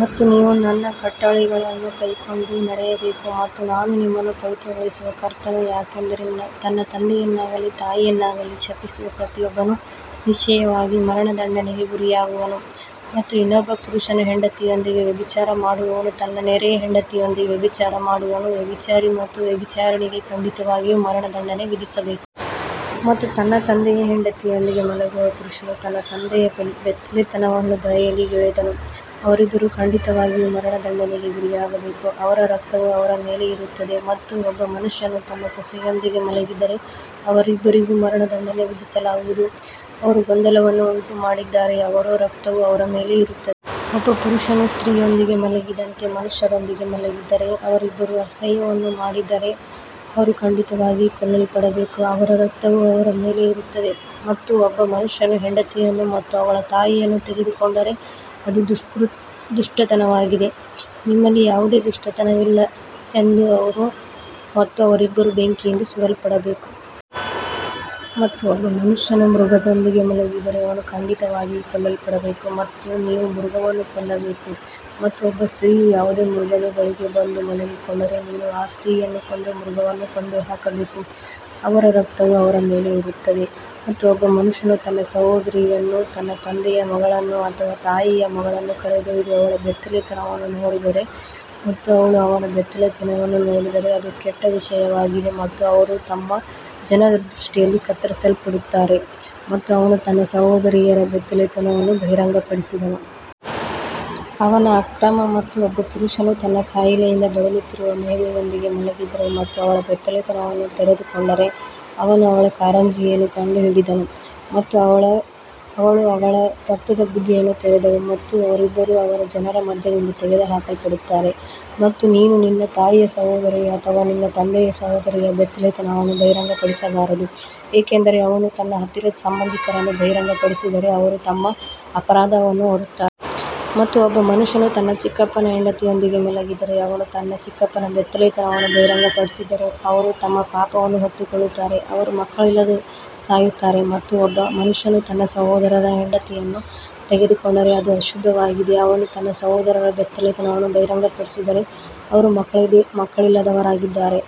ಮತ್ತು ನೀವು ನನ್ನ ಕಟ್ಟಳೆಗಳನ್ನು ಕೈಕೊಂಡು ನಡೆಯಬೇಕು ಮತ್ತು ನಾನು ನಿಮ್ಮನ್ನು ಪವಿತ್ರಗೊಳಿಸುವ ಕರ್ತನು ಯಾಕಂದರೆ ತನ್ನ ತಂದೆಯನ್ನಾಗಲಿ ತಾಯಿಯನ್ನಾಗಲಿ ಶಪಿಸುವ ಪ್ರತಿಯೊಬ್ಬನು ನಿಶ್ಚಯವಾಗಿ ಮರಣದಂಡನೆಗೆ ಗುರಿಯಾಗುವನು ಮತ್ತು ಇನ್ನೊಬ್ಬ ಪುರುಷನ ಹೆಂಡತಿಯೊಂದಿಗೆ ವ್ಯಭಿಚಾರ ಮಾಡುವವನು ತನ್ನ ನೆರೆಯ ಹೆಂಡತಿಯೊಂದಿಗೆ ವ್ಯಭಿಚಾರ ಮಾಡುವವನು ವ್ಯಭಿಚಾರಿ ಮತ್ತು ವ್ಯಭಿಚಾರಿಣಿಗೆ ಖಂಡಿತವಾಗಿಯೂ ಮರಣದಂಡನೆ ವಿಧಿಸಬೇಕು. ಮತ್ತು ತನ್ನ ತಂದೆಯ ಹೆಂಡತಿಯೊಂದಿಗೆ ಮಲಗುವ ಪುರುಷನು ತನ್ನ ತಂದೆಯ ಬೆತ್ತಲೆತನವನ್ನು ಬಯಲಿಗೆಳೆದನು, ಅವರಿಬ್ಬರೂ ಖಂಡಿತವಾಗಿಯೂ ಮರಣದಂಡನೆಗೆ ಗುರಿಯಾಗಬೇಕು ಅವರ ರಕ್ತವು ಅವರ ಮೇಲೆ ಇರುತ್ತದೆ. ಮತ್ತು ಒಬ್ಬ ಮನುಷ್ಯನು ತನ್ನ ಸೊಸೆಯೊಂದಿಗೆ ಮಲಗಿದರೆ ಅವರಿಬ್ಬರಿಗೂ ಮರಣದಂಡನೆ ವಿಧಿಸಲಾಗುವುದು, ಅವರು ಗೊಂದಲವನ್ನು ಉಂಟುಮಾಡಿದ್ದಾರೆ ಅವರ ರಕ್ತವು ಅವರ ಮೇಲೆ ಇರುತ್ತದೆ. ಒಬ್ಬ ಪುರುಷನು ಸ್ತ್ರೀಯೊಂದಿಗೆ ಮಲಗಿದಂತೆ ಮನುಷ್ಯರೊಂದಿಗೆ ಮಲಗಿದರೆ ಅವರಿಬ್ಬರೂ ಅಸಹ್ಯವನ್ನು ಮಾಡಿದ್ದರೆ ಅವರು ಖಂಡಿತವಾಗಿಯೂ ಕೊಲ್ಲಲ್ಪಡಬೇಕು ಅವರ ರಕ್ತವು ಅವರ ಮೇಲೆ ಇರುತ್ತದೆ. ಮತ್ತು ಒಬ್ಬ ಮನುಷ್ಯನು ಹೆಂಡತಿಯನ್ನು ಮತ್ತು ಅವಳ ತಾಯಿಯನ್ನು ತೆಗೆದುಕೊಂಡರೆ ಅದು ದುಷ್ಟತನವಾಗಿದೆ, ನಿಮ್ಮಲ್ಲಿ ಯಾವುದೇ ದುಷ್ಟತನವಿಲ್ಲ ಎಂದು ಅವರು ಮತ್ತು ಅವರಿಬ್ಬರೂ ಬೆಂಕಿಯಿಂದ ಸುಡಲ್ಪಡಬೇಕು. ಮತ್ತು ಒಬ್ಬ ಮನುಷ್ಯನು ಮೃಗದೊಂದಿಗೆ ಮಲಗಿದರೆ ಅವನು ಖಂಡಿತವಾಗಿಯೂ ಕೊಲ್ಲಲ್ಪಡಬೇಕು ಮತ್ತು ನೀವು ಮೃಗವನ್ನು ಕೊಲ್ಲಬೇಕು. ಮತ್ತು ಒಬ್ಬ ಸ್ತ್ರೀಯು ಯಾವುದೇ ಮೃಗದ ಬಳಿಗೆ ಬಂದು ಮಲಗಿಕೊಂಡರೆ ನೀನು ಆ ಸ್ತ್ರೀಯನ್ನು ಕೊಂದು ಮೃಗವನ್ನು ಕೊಂದು ಹಾಕಬೇಕು, ಅವರ ರಕ್ತವು ಅವರ ಮೇಲೆ ಇರುತ್ತದೆ. ಮತ್ತು ಒಬ್ಬ ಮನುಷ್ಯನು ತನ್ನ ಸಹೋದರಿಯನ್ನು ತನ್ನ ತಂದೆಯ ಮಗಳನ್ನು ಅಥವಾ ತಾಯಿಯ ಮಗಳನ್ನು ಕರೆದೊಯ್ದು ಅವಳ ಬೆತ್ತಲೆತನವನ್ನು ನೋಡಿದರೆ ಮತ್ತು ಅವಳು ಅವನ ಬೆತ್ತಲೆತನವನ್ನು ನೋಡಿದರೆ ಅದು ಕೆಟ್ಟ ವಿಷಯವಾಗಿದೆ ಮತ್ತು ಅವರು ತಮ್ಮ ಜನರ ದೃಷ್ಟಿಯಲ್ಲಿ ಕತ್ತರಿಸಲ್ಪಡುತ್ತಾರೆ ಮತ್ತು ಅವನು ತನ್ನ ಸಹೋದರಿಯರ ಬೆತ್ತಲೆತನವನ್ನು ಬಹಿರಂಗಪಡಿಸಿದನು. ಅವನ ಅಕ್ರಮ ಮತ್ತು ಒಬ್ಬ ಪುರುಷನು ತನ್ನ ಕಾಯಿಲೆಯಿಂದ ಬಳಲುತ್ತಿರುವ ಮಹಿಳೆಯೊಂದಿಗೆ ಮಲಗಿದರೆ ಮತ್ತು ಅವಳ ಬೆತ್ತಲೆತನವನ್ನು ತೆರೆದುಕೊಂಡರೆ ಅವನು ಅವಳ ಕಾರಂಜಿಯನ್ನು ಕಂಡುಹಿಡಿದನು ಮತ್ತು ಅವಳು ಅವಳ ರಕ್ತದ ಬುಗ್ಗೆಯನ್ನು ತೆರೆದಳು ಮತ್ತು ಅವರಿಬ್ಬರೂ ಅವರ ಜನರ ಮಧ್ಯದಿಂದ ತೆಗೆದುಹಾಕಲ್ಪಡುತ್ತಾರೆ. ಮತ್ತು ನೀನು ನಿನ್ನ ತಾಯಿಯ ಸಹೋದರಿಯ ಅಥವಾ ನಿನ್ನ ತಂದೆಯ ಸಹೋದರಿಯ ಬೆತ್ತಲೆತನವನ್ನು ಬಹಿರಂಗಪಡಿಸಬಾರದು ಏಕೆಂದರೆ ಅವನು ತನ್ನ ಹತ್ತಿರದ ಸಂಬಂಧಿಕರನ್ನು ಬಹಿರಂಗಪಡಿಸಿದರೆ ಅವರು ತಮ್ಮ ಅಪರಾಧವನ್ನು ಹೊರುತ್ತಾರೆ. ಮತ್ತು ಒಬ್ಬ ಮನುಷ್ಯನು ತನ್ನ ಚಿಕ್ಕಪ್ಪನ ಹೆಂಡತಿಯೊಂದಿಗೆ ಮಲಗಿದರೆ ಅವನು ತನ್ನ ಚಿಕ್ಕಪ್ಪನ ಬೆತ್ತಲೆತನವನ್ನು ಬಹಿರಂಗಪಡಿಸಿದರೆ ಅವರು ತಮ್ಮ ಪಾಪವನ್ನು ಹೊತ್ತುಕೊಳ್ಳುತ್ತಾರೆ ಅವರು ಮಕ್ಕಳಿಲ್ಲದೆ ಸಾಯುತ್ತಾರೆ. ಮತ್ತು ಒಬ್ಬ ಮನುಷ್ಯನು ತನ್ನ ಸಹೋದರರ ಹೆಂಡತಿಯನ್ನು ತೆಗೆದುಕೊಂಡರೆ ಅದು ಅಶುದ್ಧವಾಗಿದೆ, ಅವನು ತನ್ನ ಸಹೋದರರ ಬೆತ್ತಲೆತನವನ್ನು ಬಹಿರಂಗಪಡಿಸಿದರೆ ಅವರು ಮಕ್ಕಳಿಲ್ಲದವರಾಗಿದ್ದಾರೆ.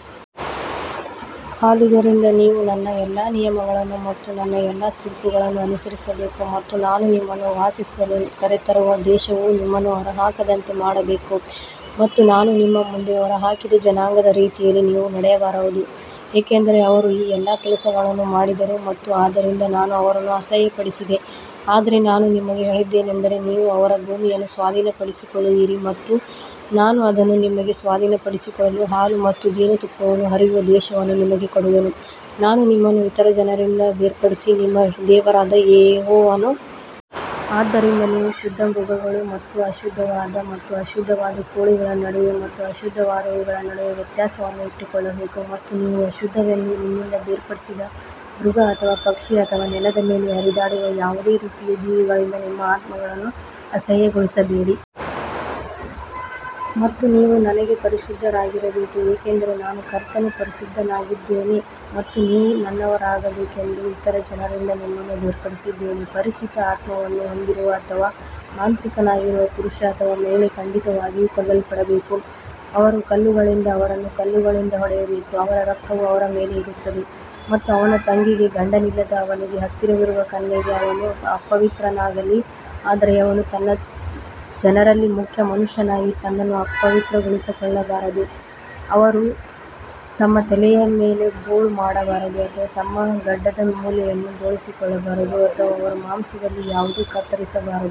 ಆದುದರಿಂದ ನೀವು ನನ್ನ ಎಲ್ಲಾ ನಿಯಮಗಳನ್ನು ಮತ್ತು ನನ್ನ ಎಲ್ಲಾ ತೀರ್ಪುಗಳನ್ನು ಅನುಸರಿಸಬೇಕು ಮತ್ತು ನಾನು ನಿಮ್ಮನ್ನು ವಾಸಿಸಲು ಕರೆತರುವ ದೇಶವು ನಿಮ್ಮನ್ನು ಹೊರಹಾಕದಂತೆ ಮಾಡಬೇಕು. ಮತ್ತು ನಾನು ನಿಮ್ಮ ಮುಂದೆ ಹೊರಹಾಕಿದ ಜನಾಂಗದ ರೀತಿಯಲ್ಲಿ ನೀವು ನಡೆಯಬಾರದು, ಏಕೆಂದರೆ ಅವರು ಈ ಎಲ್ಲಾ ಕೆಲಸಗಳನ್ನು ಮಾಡಿದರು ಮತ್ತು ಆದ್ದರಿಂದ ನಾನು ಅವರನ್ನು ಅಸಹ್ಯಪಡಿಸಿದೆ ಆದರೆ ನಾನು ನಿಮಗೆ ಹೇಳಿದ್ದೇನೆಂದರೆ ನೀವು ಅವರ ಭೂಮಿಯನ್ನು ಸ್ವಾಧೀನಪಡಿಸಿಕೊಳ್ಳುವಿರಿ ಮತ್ತು ನಾನು ಅದನ್ನು ನಿಮಗೆ ಸ್ವಾಧೀನಪಡಿಸಿಕೊಳ್ಳಲು ಹಾಲು ಮತ್ತು ಜೇನುತುಪ್ಪವನ್ನು ಹರಿಯುವ ದೇಶವನ್ನು ನಿಮಗೆ ಕೊಡುವೆನು, ನಾನು ನಿಮ್ಮನ್ನು ಇತರ ಜನರಿಂದ ಬೇರ್ಪಡಿಸಿದ ನಿಮ್ಮ ದೇವರಾದ ಯೆಹೋವನು. ಆದ್ದರಿಂದ ನೀವು ಶುದ್ಧ ಮೃಗಗಳು ಮತ್ತು ಅಶುದ್ಧವಾದ ಮತ್ತು ಅಶುದ್ಧವಾದ ಕೋಳಿಗಳ ನಡುವೆ ಮತ್ತು ಶುದ್ಧವಾದವುಗಳ ನಡುವೆ ವ್ಯತ್ಯಾಸವನ್ನು ಇಟ್ಟುಕೊಳ್ಳಬೇಕು ಮತ್ತು ನೀವು ಅಶುದ್ಧವೆಂದು ನಿಮ್ಮಿಂದ ಬೇರ್ಪಡಿಸಿದ ಮೃಗ ಅಥವಾ ಪಕ್ಷಿ ಅಥವಾ ನೆಲದ ಮೇಲೆ ಹರಿದಾಡುವ ಯಾವುದೇ ರೀತಿಯ ಜೀವಿಗಳಿಂದ ನಿಮ್ಮ ಆತ್ಮಗಳನ್ನು ಅಸಹ್ಯಗೊಳಿಸಬೇಡಿ. ಮತ್ತು ನೀವು ನನಗೆ ಪರಿಶುದ್ಧರಾಗಿರಬೇಕು ಏಕೆಂದರೆ ನಾನು ಕರ್ತನು ಪರಿಶುದ್ಧನಾಗಿದ್ದೇನೆ ಮತ್ತು ನೀವು ನನ್ನವರಾಗಬೇಕೆಂದು ಇತರ ಜನರಿಂದ ನಿಮ್ಮನ್ನು ಬೇರ್ಪಡಿಸಿದ್ದೇನೆ. ಪರಿಚಿತ ಆತ್ಮವನ್ನು ಹೊಂದಿರುವ ಅಥವಾ ಮಾಂತ್ರಿಕನಾಗಿರುವ ಪುರುಷ ಅಥವಾ ಮಹಿಳೆ ಖಂಡಿತವಾಗಿಯೂ ಕೊಲ್ಲಲ್ಪಡಬೇಕು ಅವರು ಕಲ್ಲುಗಳಿಂದ ಅವರನ್ನು ಕಲ್ಲುಗಳಿಂದ ಹೊಡೆಯಬೇಕು ಅವರ ರಕ್ತವು ಅವರ ಮೇಲೆ ಇರುತ್ತದೆ ಮತ್ತು ಅವನ ತಂಗಿಗೆ ಗಂಡನಿಲ್ಲದ ಅವನಿಗೆ ಹತ್ತಿರವಿರುವ ಕನ್ಯೆಗೆ ಅವನು ಅಪವಿತ್ರನಾಗಲಿ ಆದರೆ ಅವನು ತನ್ನ ಜನರಲ್ಲಿ ಮುಖ್ಯ ಮನುಷ್ಯನಾಗಿ ತನ್ನನ್ನು ಅಪವಿತ್ರಗೊಳಿಸಿಕೊಳ್ಳಬಾರದು ಅವರು ತಮ್ಮ ತಲೆಯ ಮೇಲೆ ಬೋಳು ಮಾಡಬಾರದು ಅಥವಾ ತಮ್ಮ ಗಡ್ಡದ ಮೂಲೆಯನ್ನು ಬೋಳಿಸಿಕೊಳ್ಳಬಾರದು ಅಥವಾ ಅವರ ಮಾಂಸದಲ್ಲಿ ಯಾವುದೇ ಕತ್ತರಿಸಬಾರದು.